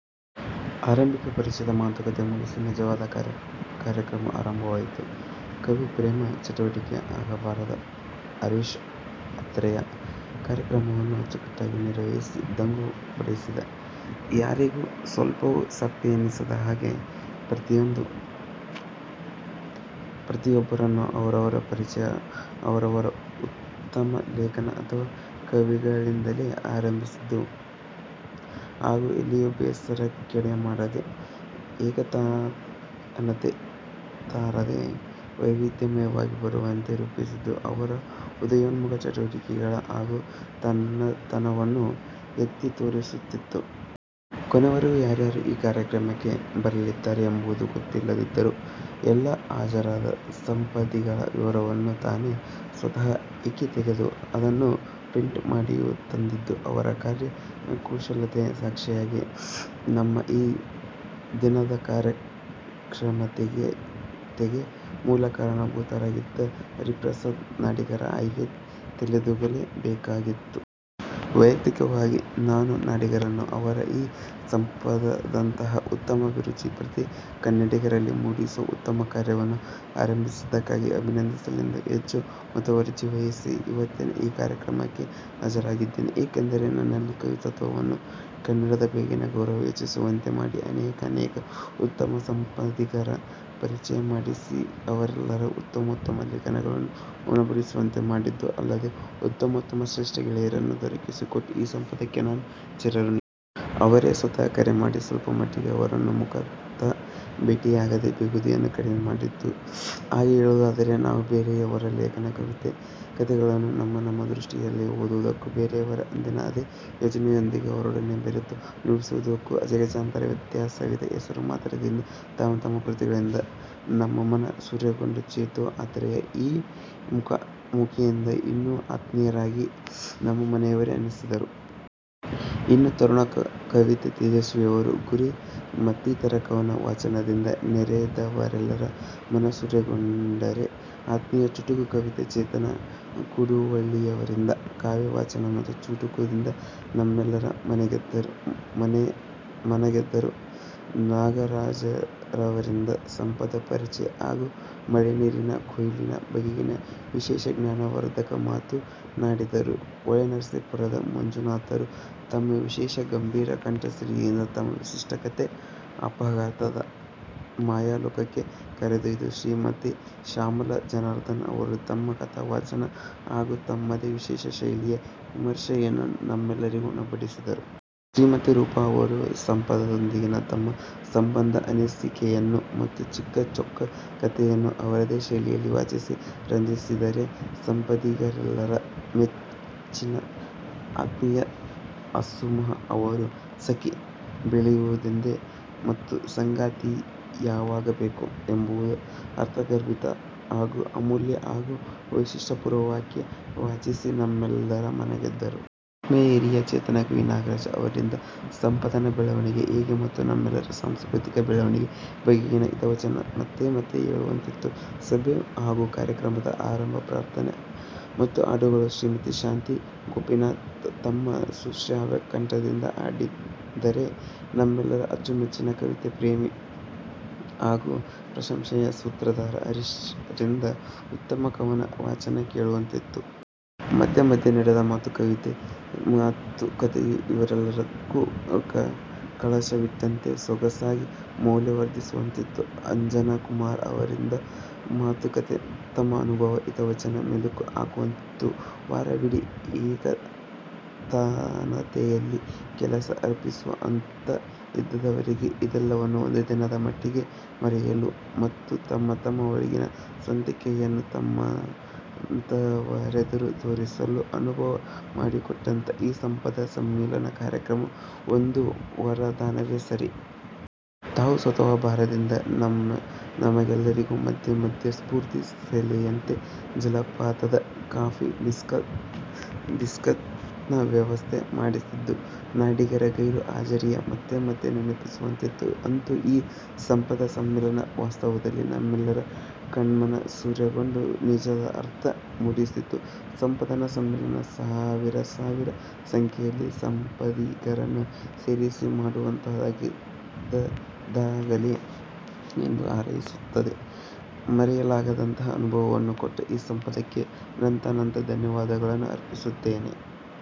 ಆರಂಭಿಕ ಪರಿಚಯದ ಮಾತುಕಥೆ ಮುಗಿಸಿ, ನಿಜವಾದ ಕಾರ್ಯಕ್ರಮ ಆರಂಭವಾಯ್ತು. ಕವಿ ಪ್ರೇಮಿ, ಚಟುವಟಿಕೆಯ ಆಗರವಾದ ಹರೀಶ್ ಆತ್ರೇಯ ಕಾರ್ಯಕ್ರಮವನ್ನು ಅಚ್ಚುಕಟ್ಟಾಗಿ ನಿರ್ವಹಿಸಿ ದಂಗು ಬಡಿಸಿದರು. ಯಾರಿಗೂ ಸ್ವಲ್ಪವೂ ಸಪ್ಪೆ ಎನಿಸದ ಹಾಗೆ ಪ್ರತಿಯೊಬ್ಬರನ್ನೂ ಅವರವರ ಪರಿಚಯ ಅವರವರ ಉತ್ತಮ ಲೇಖನ ಅಥವಾ ಕವಿತೆಗಳಿಂದಲೇ ಆರಂಭಿಸಿದ್ದು ಹಾಗೂ ಎಲ್ಲಿಯೂ ಬೇಸರಕ್ಕೆಡಮಾಡದೇ, ಎಕತಾನತೆ ತಾರದೇ ವೈವಿಧ್ಯಮಯವಾಗಿ ಬರುವಂತೆ ರೂಪಿಸಿದ್ದು ಅವರ ಉದಯೋನ್ಮುಖ ಚಟುವಟಿಕೆಗಳ ಹಾಗೂ ತನ್ನತನವನ್ನು ಎತ್ತಿ ತೋರಿಸುತ್ತಿತ್ತು. ಕೊನೆಯವರೆಗೂ ಯಾರ್ಯಾರು ಈ ಕಾರ್ಯಕ್ರಮಕ್ಕೆ ಬರಲಿದ್ದಾರೆ ಎಂಬುದು ಗೊತ್ತಿಲ್ಲದಿದ್ದರೂ ಎಲ್ಲಾ ಹಾಜರಾದ ಸಂಪದಿಗರ ವಿವರಗಳನ್ನು ತಾವೇ ಸ್ವತಹ ಹೆಕ್ಕಿ ತೆಗೆದು ಅದನ್ನು ಪ್ರಿಂಟ್ ಮಾಡಿಯೂ ತಂದಿದ್ದು ಅವರ ಕಾರ್ಯ ಕುಶಲತೆಗೆ ಸಾಕ್ಷಿಯಾಗಿ, ನಮ್ಮ ಈ ದಿನದ ಕಾರ್ಯಕ್ಷಮತ್ವತೆಗೆ ಮೂಲ ಕಾರಣ ಭೂತರಾಗಿದ್ದ ಹರಿಪ್ರಸಾದ ನಾಡಿಗರ ಅಯ್ಕೆಗೆ ತಲೆದೂಗಲೇ ಬೇಕಾಗಿತ್ತು. ವಯ್ಯಕ್ತಿಕವಾಗಿ ನಾನು ನಾಡಿಗರನ್ನು ಅವರ ಈ ಸಂಪದದಂತಹ ಉತ್ತಮ ಅಭಿರುಚಿಯನ್ನು ಪ್ರತಿ ಕನ್ನಡಿಗರಲ್ಲಿ ಮೂಡಿಸುವ ಉತ್ತಮಕಾರ್ಯವನ್ನು ಅರಂಭಿಸಿದುದಕ್ಕಾಗಿ ಅಭಿನಂದಿಸಲೆಂದೇ ಹೆಚ್ಚು ಮುತುವರ್ಜಿ ವಹಿಸಿ ಇವತ್ತಿನ ಈ ಕಾರ್ಯಕ್ರಮಕ್ಕೆ ಹಾಜರಾಗಿದ್ದೆ, ಏಕೆಂದರೆ ನನ್ನಲ್ಲಿನ ಕವಿತ್ವವನ್ನು ಕನ್ನಡದ ಬಗೆಗಿನ ಗೌರವವನ್ನು ಹೆಚ್ಚಿಸುವಂತೆ ಮಾಡಿ ಅನೇಕಾನೇಕ ಉತ್ತಮ ಸಂಪದಿಗರನ್ನು ಪರಿಚಯಮಾಡಿಸಿ, ಅವರೆಲ್ಲರ ಉತ್ತಮೋತ್ತಮ ಲೇಖನಗಳನ್ನು ಉಣಬಡಿಸುವಂತೆ ಮಾಡಿದ್ದೂ ಅಲ್ಲದೇ ಉತ್ತಮೋತ್ತಮ ಶ್ರೇಷ್ಠ ಗೆಳೆಯರನ್ನೂ ದೊರಕಿಸಿಕೊಟ್ಟ ಈ ಸಂಪದಕ್ಕೆ ನಾನು ಚಿರಋಣಿ. ಅವರೇ ಸ್ವತಹ ಕರೆಮಾಡಿ ಸ್ವಲ್ಪ ಮಟ್ಟಿಗೆ ಅವರನ್ನು ಮುಖತಃ ಭೇಟಿಯಾಗದ ಬೇಗುದಿಯನ್ನು ಕಡಿಮೆ ಮಾಡಿದ್ದರು. ಹಾಗೆ ಹೇಳುವುದಾದರೆ ನಾವು ಬೇರೆಯವರ ಲೇಖನ, ಕವಿತೆ, ಕಥೆಗಳನ್ನು ನಮ್ಮ ನಮ್ಮ ದೃಷ್ಟಿಯಲ್ಲೇ ಓದುವುದಕ್ಕೂ, ಬರೆದವರ ಅಂದಿನ ಅದೇ ಯೋಚನೆಯೊಂದಿಗೆ ಅವರೊಡನೆಯೇ ಬೆರೆತು ಅನುಭವಿಸುವದಕ್ಕೂ ಅಜಗಜಾಂತರ ವ್ಯತ್ಯಾಸವಿದೆ. ಹೆಸರು ಮಾತ್ರದಿಂದ ತಮ್ಮ ತಮ್ಮ ಕೃತಿಗಳಿಂದ ನಮ್ಮ ಮನ ಸೂರೆಗೊಂಡ ಚೇತೂ, ಆತ್ರೇಯ, ಈ ಮುಖಾ ಮುಖಿಯಿಂದ ಇನ್ನೂ ಆತ್ಮೀಯರಾಗಿ ನಮ್ಮ ಮನೆಯವರೇ ಅನ್ನಿಸಿದರು. ಇನ್ನು ತರುಣ ಕವಿ ತೇಜಸ್ವೀಯವರ "ಗುರಿ",ಮತ್ತಿತರ ಕವನ ವಾಚನದಿಂದ ನೆರೆದವರೆಲ್ಲರ ಮನಸೂರೆಗೊಂಡರೆ, ಆತ್ಮೀಯ ಚುಟುಕು ಕವಿ ಚೇತನ್ ಕೂಡುವಳ್ಳಿಯವರಿಂದ ಕಾವ್ಯವಾಚನ ಮತ್ತು ಚುಟುಕದಿಂದ ನಮ್ಮೆಲ್ಲರ ಮನಗೆದ್ದರು. ನಾಗರಾಜರವರಿಂದ ಸಂಪದ ಪರಿಚಯ ಹಾಗೂ ಮಳೆನೀರಿನ ಕೊಯ್ಲಿನ ಬಗೆಗೆ ವಿಶೇಷ ಜ್ಞಾನವರ್ಧಕ ಮಾತುಗಳನ್ನಾಡಿದರು. ಹೊಳೆನರಸೀಪುರ ಮಂಜುನಾಥರು ತಮ್ಮ ವಿಶೇಷ ಗಂಭೀರ ಕಂಠ ಸಿರಿಯಿಂದ ತಮ್ಮ ವಿಶಿಷ್ಟ ಕಥೆ "ಅಫಘಾತ"ದ ಮಾಯಾಲೋಕಕ್ಕೆ ಕೊಂಡೊಯ್ದರೆ, ಶ್ರೀಮತಿ ಶ್ಯಾಮಲಾ ಜನಾರ್ಧನನ್ ಅವರು ತಮ್ಮ ಕಥಾವಾಚನ ಹಾಗೂ ತಮ್ಮದೇ ವಿಶೇಷ ಶೈಲಿಯ ವಿಮರ್ಶೆಯನ್ನೂ ನಮಗೆಲ್ಲರಿಗೂ ಉಣಬಡಿಸಿದರು. ಶ್ರೀಮತಿ ರೂಪಾ ರವರು ಸಂಪದದೊಂದಿಗಿನ ತಮ್ಮ ಸಂಭಂದದ ಅನಿಸಿಕೆಯನ್ನೂ ಮತ್ತು ಚಿಕ್ಕಚೊಕ್ಕ ಕಥೆಯನ್ನೂ ಅವರದೇ ಶೈಲಿಯಲ್ಲಿ ವಾಚಿಸಿ ರಂಜಿಸಿದರೆ, ಸಂಪದಿಗರೆಲ್ಲರ ಮೆಚ್ಚಿನ ಆತ್ಮೀಯ ಆಸುಮನ ಅವರು "ಸಖಿ, ಬೆಳೆಯುವದೆಂತು, ಮತ್ತು ಸಂಗಾತಿ ಯಾವಾಗ ಬೇಕು" ಎಂಬಂತಹ ಅರ್ಥಗರ್ಭಿತ, ಹಾಗೂ ಅಮೂಲ್ಯ ಹಾಗೂ ವೈಶಿಷ್ಟ ಪೂರ್ಣ ಕಾವ್ಯ ವಾಚಿಸಿ ನಮ್ಮೆಲ್ಲರ ಮನ ಗೆದ್ದರು. ಆತ್ಮೀಯ, ಹಿರಿಯ, ಚೇತನ ಕವಿ ನಾಗರಾಜ ಅವರಿಂದ ಸಂಪದದ ಬೆಳವಣಿಗೆ ಹೇಗೆ ಹಾಗೂ ನಮ್ಮೆಲ್ಲರ ಸಾಂಸ್ಕೃತಿಕ ಬೆಳವಣಿಗೆಯ ಬಗೆಗಿನ ಹಿತವಚನ ಮತ್ತೆ ಮತ್ತೆ ಕೇಳುವಂತಿತ್ತು. ಸಭೆ ಹಾಗೂ ಕಾರ್ಯಕ್ರಮದ ಆರಂಭ ಪ್ರಾರ್ಥನೆ ಮತ್ತು ಹಾಡುಗಳನ್ನು ಶ್ರೀಮತಿ ಶಾಂತಿ ಗೋಪೀನಾಥ್ ತಮ್ಮ ಸುಶ್ರಾವ್ಯ ಕಂಠದಿಂದ ಹಾಡಿದ್ದರೆ, ನಮ್ಮೆಲ್ಲರ ಅಚ್ಚುಮೆಚ್ಚಿನ ಕವಿ, ಪ್ರೇಮಿ, ಹಾಗೂ ಪ್ರಶಂಶನೀಯ ಸೂತ್ರಧಾರ ಹರೀಶ್ ರಿಂದ "ಉತ್ತರ ಕವನ" ವಾಚನ ಕೇಳುವಂತಿತ್ತು. ಮಧ್ಯೆ ಮಧ್ಯೆ ನಡೆದ ಮಾತು ಕಥೆಯೂ ಇವೆಲ್ಲವಕ್ಕೂ ಕಳಶವಿಟ್ಟಂತೆ ಸೊಗಸಾಗಿ ಮೌಲ್ಯವರ್ಧಿಸುವಂತಿತ್ತು. ಅಂಜನ ಕುಮಾರ ಅವರಿಂದ ಮಾತು ಕಥೆ ತಮ್ಮ ಅನುಭವದ ಹಿತವಚನ ಮೆಲುಕು ಹಾಕುವಂತಿತ್ತು ವಾರವಿಡೀ ಏಕತಾನತೆಯಲ್ಲಿ ಕೆಲಸ ಆಫೀಸು ಅಂತ ಇದ್ದವರಿಗೆ, ಅದೆಲ್ಲವನ್ನೂ ಒಂದು ದಿನದ ಮಟ್ಟಿಗೆ ಮರೆಯಲು, ಮತ್ತು ತಮ್ಮ ತಮ್ಮ ಒಳಗಿನ ಸ್ವಂತಿಕೆಯನ್ನು ತಮ್ಮಂತವರೆದುರೇ ತೋರಿಸಲು ಅನುವು ಮಾಡಿಕೊಟ್ಟಂತಹ ಈ ಸಂಪದ ಸಂಮಿಲನ ಕಾರ್ಯಕ್ರಮ ಒಂದು ವರದಾನವೇ ಸರಿ. ತಾವು ಸ್ವತಹ ಬಾರದಿದ್ದರೂ ನಮಗೆಲ್ಲರಿಗೂ ಮಧ್ಯೆ ಮಧ್ಯೆ ಸ್ಪೂರ್ತಿ ಸೆಲೆಯಂತೆ ಜಲಪಾನದ, ಕಾಫಿ ಬಿಸ್ಕಿಟ್ ನ ವ್ಯವಸ್ಥೆ ಮಾಡಿಸಿದ್ದು, ನಾಡಿಗರ ಗೈರು ಹಾಜರಿಯನ್ನು ಮತ್ತೆ ಮತ್ತೆ ನೆನಪಿಸುವಂತಿತ್ತು. ಅಂತೂ ಈ ಸಂಪದ ಸಂಮಿಲನ ವಾಸ್ತವದಲ್ಲಿ ನಮ್ಮೆಲ್ಲರ ಕಣ್ಮನ ಸೂರೆಗೊಂಡು ನಿಜದ ಅರ್ಥ ಮೂಡಿಸಿತು. ಸಂಪದದ ಸಂಮಿಲನ ಸಾವಿರ ಸಾವಿರ ಸಂಖ್ಯೆಯಲ್ಲಿ ಸಂಪದಿಗರನ್ನು ಸೇರಿಸಿ ಮಾಡುವಂತಹದ್ದಾಗಲಿ ಎಂದು ಹಾರೈಸುತ್ತ, ಮರೆಯಲಾಗದಂತಹ ಅನುಭವವನ್ನು ಕೊಟ್ಟ ಈ ಸಂಪದಕ್ಕೆ ಅನಂತಾನಂತ ಧನ್ಯವಾದಗಳನ್ನು ಅರ್ಪಿಸುತ್ತೇನೆ.